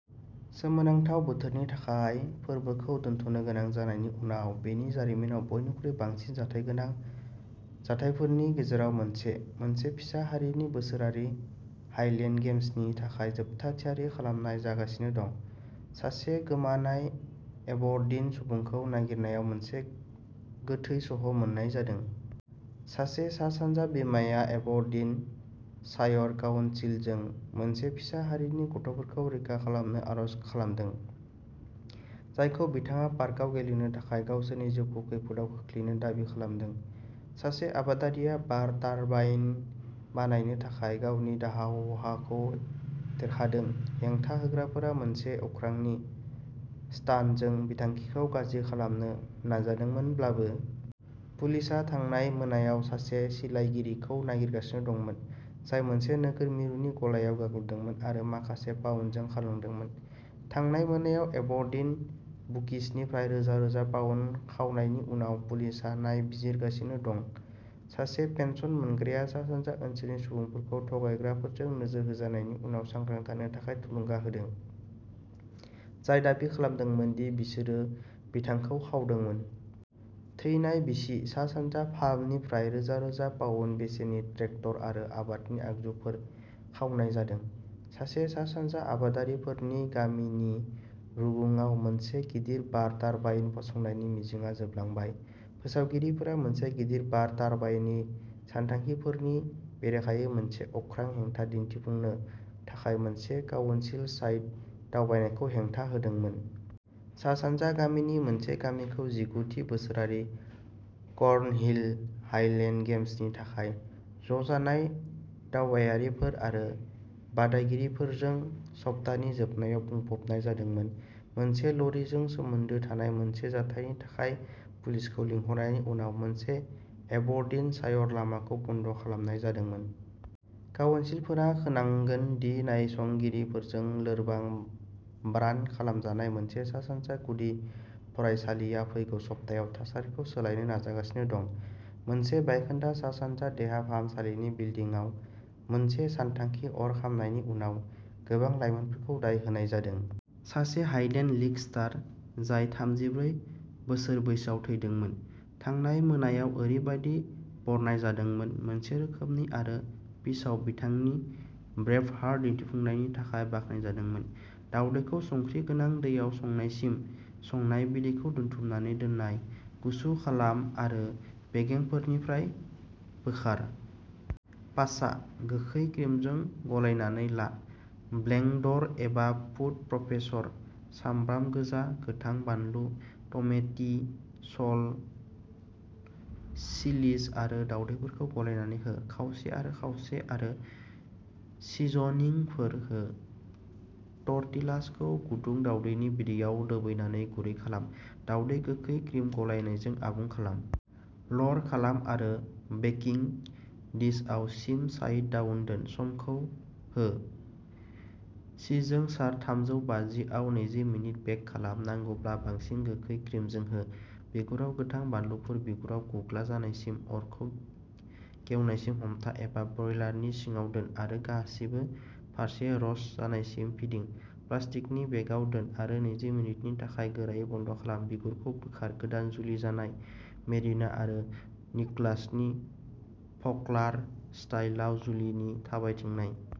सोमोनांथाव बोथोरनि थाखाय फोरबोखौ दोनथ’नो गोनां जानायनि उनाव बेनि जारिमिनाव बयनिख्रुइ बांसिन जाथायगोनां जाथायफोरनि गेजेराव मोनसे। मोनसे फिसा हारिनि बोसोरारि हाइलेन्ड गेम्सनि थाखाय जोबथा थियारि खालामनाय जागासिनो दं। सासे गोमानाय एबरडीन सुबुंखौ नागिरनायाव मोनसे गोथै सह' मोननाय जादों। सासे सा-सानजा बिमाया एबरडीन शायर काउन्सिलजों मोनसे फिसा हारिनि गथ'फोरखौ रैखा खालामनो आर'ज खालामदों, जायखौ बिथाङा पार्कआव गेलेनो थाखाय गावसोरनि जिउखौ खैफोदआव खोख्लैनो दाबि खालामदों। सासे आबादारिया बार टारबाइन बानायनो थाखाय गावनि दावहाखौ देरहादों हेंथा होग्राफोरा मोनसे अख्रांनि स्टान्टजों बिथांखिखौ गाज्रि खालामनो नाजादोंमोनब्लाबो। पुलिसआ थांनाय मोनायाव सासे सिलायगिरिखौ नागिरगासिनो दंमोन, जाय मोनसे नोगोर मिरुनि गलायाव गाग्लोबदोंमोन आरो माखासे पाउन्दजों खारलांदोंमोन। थांनाय मोनायाव एबरडीन बुकिसनिफ्राय रोजा रोजा पाउन्द खावनायनि उनाव पुलिसआ नायबिजिरगासिनो दं। सासे पेन्सन मोनग्राया सा-सानजा ओनसोलनि सुबुंफोरखौ थगायग्राफोरजों नोजोर होजानायनि उनाव सांग्रां थानो थाखाय थुलुंगा होदों जाय दाबि खालामदोंमोन दि बिसोरो बिथांखौ खावदोंमोन। थैनाय बिसि। सा-सानजा फार्मनिफ्राय रोजा रोजा पाउन्द बेसेननि ट्रेक्टर आरो आबादनि आगजुफोर खावनाय जादों। सासे सा-सानजा आबादारिफोरनि गामिनि रुगुङाव मोनसे गिदिर बार टारबाइन फसंनायनि मिजिंआ जोबलांबाय। फोसावगिरिफोरा मोनसे गिदिर बार टारबाइननि सानथांखिफोरनि बेरेखायै मोनसे अख्रां हेंथा दिन्थिफुंनो थाखाय मोनसे काउनसिल साइट दावबायनायखौ हेंथा होदोंमोन। सा-सानजा गामिनि मोनसे गामिखौ जिगु थि बोसोरारि कर्नहिल हाइलेन्ड गेम्सनि थाखाय ज'जानाय दावबायारिफोर आरो बादायगिरिफोरजों सप्ताहनि जोबनायाव बुंफबनाय जादोंमोन। मोनसे ल'रिजों सोमोन्दो थानाय मोनसे जाथायनि थाखाय पुलिसखौ लिंहरनायनि उनाव मोनसे एबरडिन शायर लामाखौ बन्द खालामनाय जादोंमोन। काउनसिलरफोरा खोनांगोन दि नायसंगिरिफोरजों लोरबां ब्रान्द खालामजानाय मोनसे सा-सानजा गुदि फरायसालिआ फैगौ सप्तायाव थासारिखौ सोलायनो नाजागासिनो दं। मोनसे बायखोन्दा सा-सानजा देहा फाहामसालिनि बिल्दिंआव मोनसे सानथांखि अर खामनायनि उनाव गोबां लाइमोनफोरखौ दाय होनाय जादों। सासे हाइलेन्ड लिग स्टार, जाय थामजिब्रै बोसोर बैसोआव थैदोंमोन थांनाय मोनायाव ओरैबायदि बरनायजादोंमोन। मोनसे रोखोमनि आरो पिचआव बिथांनि ब्रेभहार्ट दिन्थिफुंनायनि थाखाय बाख्नायजादोंमोन। दावदैखौ संख्रि गोनां दैयाव संनायसिम संनाय, बिदैखौ दोन्थुमनानै दोननाय। गुसु खालाम आरो बेगेंफोरनिफ्राय बोखार। पासा। गोखै क्रिमजों गलायनानै ला ब्लेंडर एबा फुद प्रसेसराव सामब्राम गोजा, गोथां बानलु, टमेटिलस, चिलिज आरो दावदैफोरखौ गलायनानै हो। खावसे आरो खावसे आरो सिजनिंफोर हो। टर्टिलासखौ गुदुं दावदैनि बिदैआव दोबैनानै गुरै खालाम। दावदै गोखै क्रिम गलायनायजों आबुं खालाम। र'ल खालाम आरो बेकिंग डिशआव सिम साइड डाउन दोन। ससखौ हो। चीजजों सार थामजौ बाजि आव नैजि मिनिट बेक खालाम। नांगौब्ला बांसिन गोखै क्रिमजों हो। बिगुराव गोथां बानलुफोर बिगुराव गुग्ला जानायसिम अरखौ गेवनायसिम हमथा, एबा ब्रयलारनि सिङाव दोन आरो गासिबो फारसे र'स्ट जानायसिम फिदिं प्लास्टिकनि बेगआव दोन आरो नैजि मिनिटनि थाखाय गोरायै बन्द खालाम बिगुरखौ बोखार गोदान जुलि जानाय मेरिना आरो निकलासनि फल्क'लार स्टाइलआव जुलिनि थाबायथिंनाय।